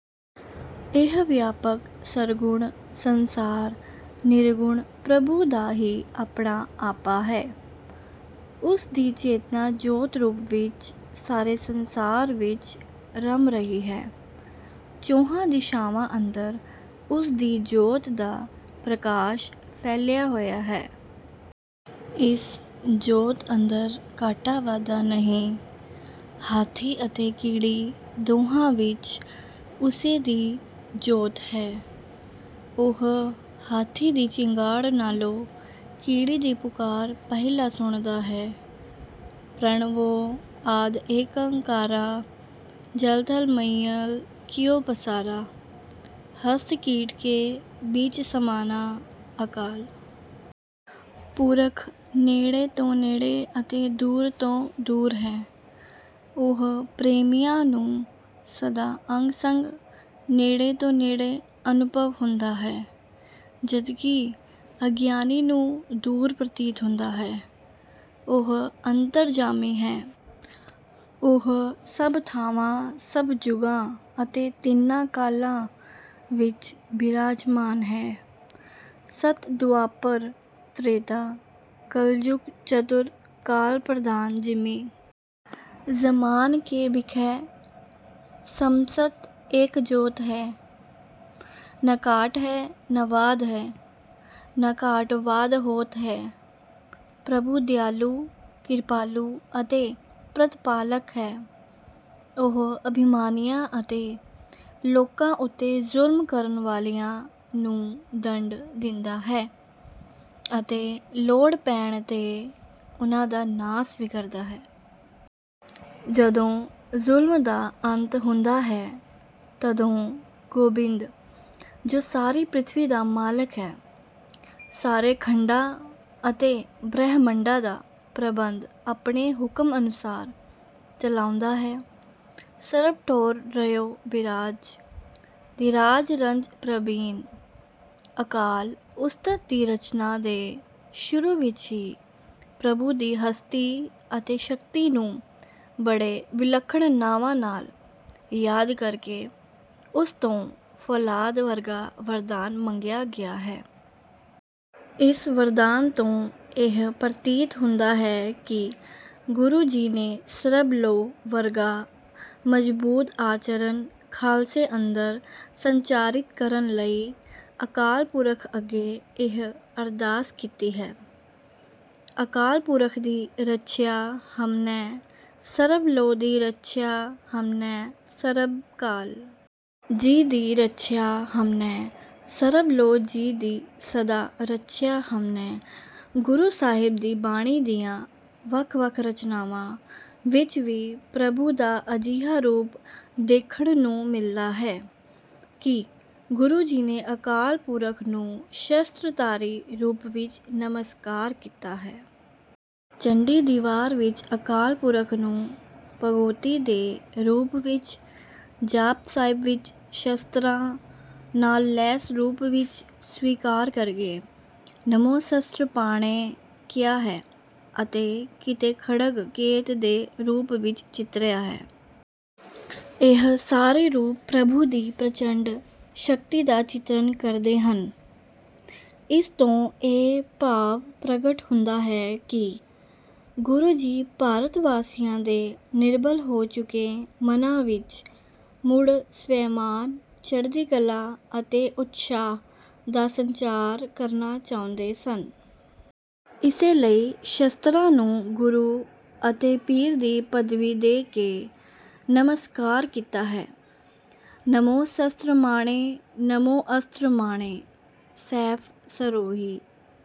ਇਹ ਵਿਆਪਕ ਸਰਗੁਣ ਸੰਸਾਰ ਨਿਰਗੁਣ ਪ੍ਰਭੂ ਦਾ ਹੀ ਆਪਣਾ ਆਪਾ ਹੈ। ਉਸ ਦੀ ਚੇਤਨਾ ਜੋਤ-ਰੂਪ ਵਿੱਚ ਸਾਰੇ ਸੰਸਾਰ ਵਿੱਚ ਰਮ ਰਹੀ ਹੈ। ਚੌਹਾਂ ਦਿਸ਼ਾਵਾਂ ਅੰਦਰ ਉਸ ਦੀ ਜੋਤ ਦਾ ਪ੍ਰਕਾਸ਼ ਫੈਲਿਆ ਹੋਇਆ ਹੈ। ਇਸ ਜੋਤ ਅੰਦਰ ਘਾਟਾ-ਵਾਧਾ ਨਹੀਂ। ਹਾਥੀ ਅਤੇ ਕੀੜੀ ਦੋਹਾਂ ਵਿੱਚ ਉਸੇ ਦੀ ਜੋਤ ਹੈ। ਉਹ ਹਾਥੀ ਦੀ ਚਿੰਗਾੜ ਨਾਲੋਂ ਕੀੜੀ ਦੀ ਪੁਕਾਰ ਪਹਿਲਾਂ ਸੁਣਦਾ ਹੈ ਪ੍ਰਣਵੋ ਆਦਿ ਏਕੰਕਾਰਾ। ਜਲ ਥਲ ਮਹੀਅਲ ਕੀਓ ਪਸਾਰਾ। ਹਸਤਿ ਕੀਟ ਕੇ ਬੀਚ ਸਮਾਨਾ॥ ਅਕਾਲ ਪੁਰਖ ਨੇੜੇ ਤੋਂ ਨੇੜੇ ਅਤੇ ਦੂਰ ਤੋਂ ਦੂਰ ਹੈ। ਉਹ ਪ੍ਰੇਮੀਆਂ ਨੂੰ ਸਦਾ ਅੰਗ-ਸੰਗ, ਨੇੜੇ ਤੋਂ ਨੇੜੇ ਅਨੁਭਵ ਹੁੰਦਾ ਹੈ, ਜਦਕਿ ਅਗਿਆਨੀ ਨੂੰ ਦੂਰ ਪ੍ਰਤੀਤ ਹੁੰਦਾ ਹੈ। ਉਹ ਅੰਤਰਜਾਮੀ ਹੈ। ਉਹ ਸਭ ਥਾਵਾਂ, ਸਭ ਜੁਗਾਂ ਅਤੇ ਤਿੰਨਾਂ ਕਾਲਾਂ ਵਿੱਚ ਬਿਰਾਜਮਾਨ ਹੈ ਸਤਿ ਦੁਆਪਰ ਤ੍ਰੇਤਾ ਕਲਿਜੁਗ ਚਤੁਰ ਕਾਲ ਪ੍ਰਧਾਨ॥ ਜਿਮੀ ਜ਼ਮਾਨ ਕੇ ਬਿਖੈ ਸਮਸਤ ਏਕ ਜੋਤਿ ਹੈ। ਨ ਘਾਟ ਹੈ, ਨ ਵਾਧ ਹੈ, ਨ ਘਾਟ-ਵਾਧ ਹੋਤ ਹੈ॥ ਪ੍ਰਭੂ ਦਇਆਲੂ, ਕਿਰਪਾਲੂ ਅਤੇ ਪ੍ਰਤਿਪਾਲਕ ਹੈ। ਉਹ ਅਭਿਮਾਨੀਆਂ ਅਤੇ ਲੋਕਾਂ ਉੱਤੇ ਜ਼ੁਲਮ ਕਰਨ ਵਾਲਿਆਂ ਨੂੰ ਦੰਡ ਦਿੰਦਾ ਹੈ ਅਤੇ ਲੋੜ ਪੈਣ ’ਤੇ ਉਨ੍ਹਾਂ ਦਾ ਨਾਸ ਵੀ ਕਰਦਾ ਹੈ। ਜਦੋਂ ਜ਼ੁਲਮ ਦਾ ਅੰਤ ਹੁੰਦਾ ਹੈ, ਤਦੋਂ ਗੋਬਿੰਦ, ਜੋ ਸਾਰੀ ਪ੍ਰਿਥਵੀ ਦਾ ਮਾਲਕ ਹੈ, ਸਾਰੇ ਖੰਡਾਂ ਅਤੇ ਬ੍ਰਹਿਮੰਡਾਂ ਦਾ ਪ੍ਰਬੰਧ ਆਪਣੇ ਹੁਕਮ ਅਨੁਸਾਰ ਚਲਾਉਂਦਾ ਹੈ। ਸਰਬ ਠਉਰ ਰਹਿਓ ਬਿਰਾਜ, ਧਿਰਾਜ ਰੰਜ-ਪ੍ਰਬੀਨ॥ ਅਕਾਲ ਉਸਤਤਿ ਦੀ ਰਚਨਾ ਦੇ ਸ਼ੁਰੂ ਵਿੱਚ ਹੀ ਪ੍ਰਭੂ ਦੀ ਹਸਤੀ ਅਤੇ ਸ਼ਕਤੀ ਨੂੰ ਬੜੇ ਵਿਲੱਖਣ ਨਾਵਾਂ ਨਾਲ ਯਾਦ ਕਰਕੇ ਉਸ ਤੋਂ ਫੌਲਾਦ ਵਰਗਾ ਵਰਦਾਨ ਮੰਗਿਆ ਗਿਆ ਹੈ। ਇਸ ਵਰਦਾਨ ਤੋਂ ਇਹ ਪ੍ਰਤੀਤ ਹੁੰਦਾ ਹੈ ਕਿ ਗੁਰੂ ਜੀ ਨੇ ਸਰਬਲੋਹ ਵਰਗਾ ਮਜ਼ਬੂਤ ਆਚਰਨ ਖਾਲਸੇ ਅੰਦਰ ਸੰਚਾਰਿਤ ਕਰਨ ਲਈ ਅਕਾਲ ਪੁਰਖ ਅੱਗੇ ਇਹ ਅਰਦਾਸ ਕੀਤੀ ਹੈ ਅਕਾਲ ਪੁਰਖ ਦੀ ਰੱਛਿਆ ਹਮਨੈ। ਸਰਬ ਲੋਹ ਦੀ ਰੱਛਿਆ ਹਮਨੈ। ਸਰਬਕਾਲ ਜੀ ਦੀ ਰੱਛਿਆ ਹਮਨੈ। ਸਰਬਲੋਹ ਜੀ ਦੀ ਸਦਾ ਰੱਛਿਆ ਹਮਨੈ॥ ਗੁਰੂ ਸਾਹਿਬ ਦੀ ਬਾਣੀ ਦੀਆਂ ਵੱਖ-ਵੱਖ ਰਚਨਾਵਾਂ ਵਿੱਚ ਵੀ ਪ੍ਰਭੂ ਦਾ ਅਜਿਹਾ ਰੂਪ ਦੇਖਣ ਨੂੰ ਮਿਲਦਾ ਹੈ ਕਿ ਗੁਰੂ ਜੀ ਨੇ ਅਕਾਲ ਪੁਰਖ ਨੂੰ ਸ਼ਸਤ੍ਰਧਾਰੀ ਰੂਪ ਵਿੱਚ ਨਮਸਕਾਰ ਕੀਤਾ ਹੈ। ਚੰਡੀ ਦੀ ਵਾਰ ਵਿੱਚ ਅਕਾਲ ਪੁਰਖ ਨੂੰ ਭਗਉਤੀ ਦੇ ਰੂਪ ਵਿੱਚ, ਜਾਪ ਸਾਹਿਬ ਵਿੱਚ ਸ਼ਸਤ੍ਰਾਂ ਨਾਲ ਲੈਸ ਰੂਪ ਵਿੱਚ ਸਵੀਕਾਰ ਕਰਕੇ “ਨਮੋ ਸਸਤ੍ਰਪਾਣੈ” ਕਿਹਾ ਹੈ ਅਤੇ ਕਿਤੇ ਖੜਗ ਕੇਤ ਦੇ ਰੂਪ ਵਿੱਚ ਚਿਤਰਿਆ ਹੈ। ਇਹ ਸਾਰੇ ਰੂਪ ਪ੍ਰਭੂ ਦੀ ਪ੍ਰਚੰਡ ਸ਼ਕਤੀ ਦਾ ਚਿਤਰਨ ਕਰਦੇ ਹਨ। ਇਸ ਤੋਂ ਇਹ ਭਾਵ ਪ੍ਰਗਟ ਹੁੰਦਾ ਹੈ ਕਿ ਗੁਰੂ ਜੀ ਭਾਰਤਵਾਸੀਆਂ ਦੇ ਨਿਰਬਲ ਹੋ ਚੁੱਕੇ ਮਨਾਂ ਵਿੱਚ ਮੁੜ ਸਵੈਮਾਨ, ਚੜ੍ਹਦੀ ਕਲਾ ਅਤੇ ਉਤਸ਼ਾਹ ਦਾ ਸੰਚਾਰ ਕਰਨਾ ਚਾਹੁੰਦੇ ਸਨ। ਇਸੇ ਲਈ ਸ਼ਸਤ੍ਰਾਂ ਨੂੰ ਗੁਰੂ ਅਤੇ ਪੀਰ ਦੀ ਪਦਵੀ ਦੇ ਕੇ ਨਮਸਕਾਰ ਕੀਤਾ ਹੈ ਨਮੋ ਸਸਤ੍ਰਮਾਣੇ ਨਮੋ ਅਸਤ੍ਰਮਾਣੇ॥ ਸੈਫ ਸਰੋਹੀ…